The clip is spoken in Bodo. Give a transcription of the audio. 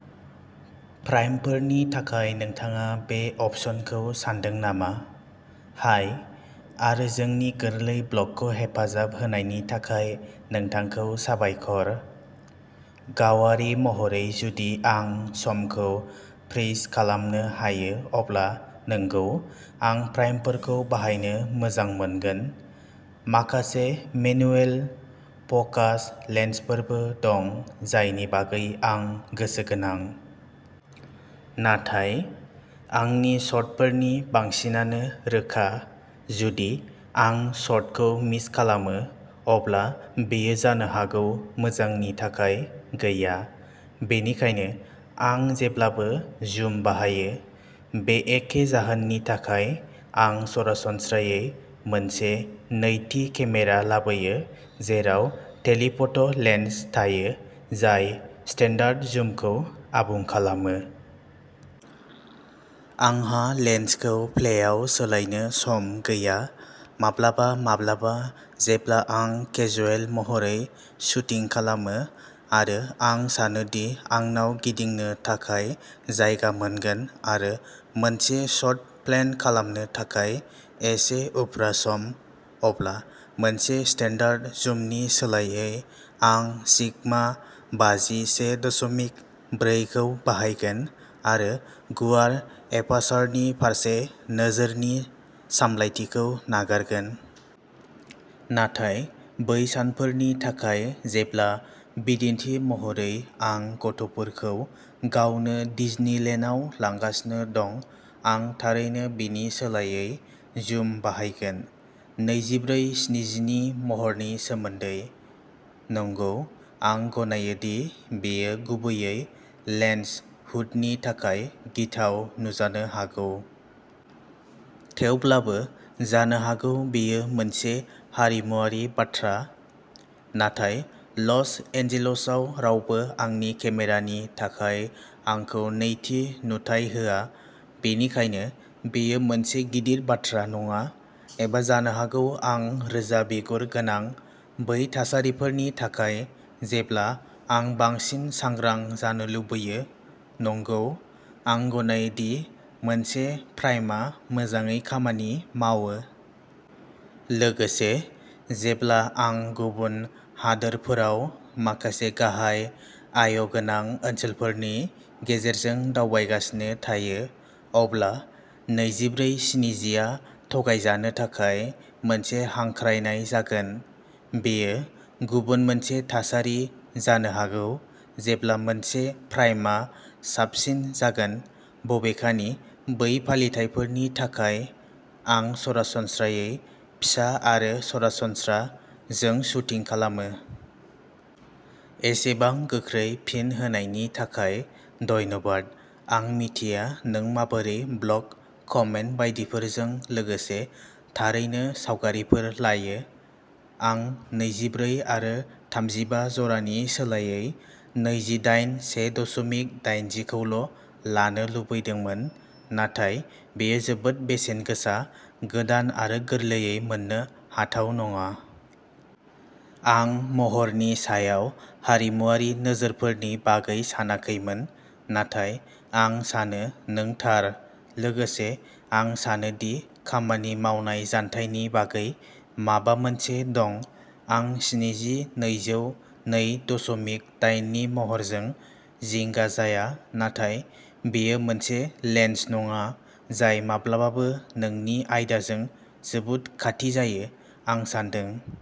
प्राइमफोरनि थाखाय नोंथाङा बे अपसनखौ सानदों नामा? हाय आरो जोंनि गोरलै ब्लगखौ हेफाजाब होनायनि थाखाय नोंथांखौ साबायखर! गावारि महरै जुदि आं समखौ फ्रिज खालामनो हायो अब्ला नंगौ आं प्राइमफोरखौ बाहायनो मोजां मोनगोन। माखासे मेनुएल फ'कास लेन्सफोरबो दं जायनि बागै आं गोसोगोनां। नाथाय आंनि शटफोरनि बांसिनानो रोखा। जुदि आं शटखौ मिस खालामो, अब्ला बेयो जानो हागौ मोजांनि थाखाय गैया। बेनिखायनो आं जेब्लाबो जुम बाहायो। बे एखे जाहोननि थाखाय, आं सरासनस्रायै मोनसे नैथि केमेरा लाबोयो जेराव टेलिफ'ट'लेन्स थायो जाय स्टेन्डार्ड जुमखौ आबुं खालामो। आंहा लेन्सखौ फ्लेयाव सोलायनो सम गैया। माब्लाबा माब्लाबा, जेब्ला आं केजुयेल महरै शुटिं खालामो आरो आं सानो दि आंनाव गिदिंनो थाखाय जायगा मोनगोन आरो मोनसे शट प्लेन खालामनो थाखाय एसे उफ्रा सम, अब्ला मोनसे स्टेन्डार्ड जुमनि सोलायै आं सिगमा बाजि से दसमिक ब्रैखौ बाहायगोन आरो गुवार एपार्सारनि फारसे नोजोरनि सामलायथिखौ नागारगोन। नाथाय बै सानफोरनि थाखाय जेब्ला बिदिन्थि महरै आं गथ'फोरखौ गावनो डिजनिलेन्डआव लांगासिनो दं आं थारैनो बेनि सोलायै जुम बाहायगोन। नैजिब्रै स्निजिनि महरनि सोमोन्दै, नंगौ आं गनायो दि बेयो गुबैयै लेन्स हुडनि थाखाय गिथाव नुजानो हागौ। थेवब्लाबो, जानो हागौ बेयो मोनसे हारिमुआरि बाथ्रा, नाथाय लस एन्जेल्सआव रावबो आंनि केमेरानि थाखाय आंखौ नैथि नुथाय होआ, बेनिखायनो बेयो मोनसे गिदिर बाथ्रा नङा। एबा जानो हागौ आं रोजा बिगुर गोनां। बै थासारिफोरनि थाखाय जेब्ला आं बांसिन सांग्रां जानो लुबैयो, नंगौ आं गनायो दि मोनसे प्राइमआ मोजाङै खामानि मावो। लोगोसे, जेब्ला आं गुबुन हादोरफोराव माखासे गाहाय आय' गोनां ओनसोलफोरनि गेजेरजों दावबायगासिनो थायो, अब्ला नैजिब्रै स्निजिआ थगायजानो थाखाय मोनसे हांख्रायनाय जागोन। बेयो गुबुन मोनसे थासारि जानो हागौ जेब्ला मोनसे प्राइमआ साबसिन जागोन। बबेखानि बै फालिथायफोरनि थाखाय, आं सरासनस्रायै फिसा आरो सरासनस्रा जों शुटिं खालामो। एसेबां गोख्रै फिन होनायनि थाखाय धन्यबाद आं मिथिया नों माबोरै ब्लग, कमेन्ट बायदिफोरजों लोगोसे थारैनो सावगारिफोर लायो! आं नैजि ब्रै आरो थामजि बा जरानि सोलायै नैजि दाइन से दसमिक दाइनजि खौल' लानो लुबैदोंमोन नाथाय बेयो जोबोद बेसेन गोसा गोदान आरो गोरलैयै मोननो हाथाव नङा। आं महरनि सायाव हारिमुआरि नोजोरफोरनि बागै सानाखैमोन नाथाय आं सानो नों थार। लोगोसे आं सानो दि खामानि मावनाय जानथायनि बागै माबा मोनसे दं आं स्निजि नैजौ नै दसमिक दाइननि महरजों जिंगा जाया नाथाय बेयो मोनसे लेन्स नङा जाय माब्लाबाबो नोंनि आयदाजों जोबोद खाथि जायो। आं सान्दों।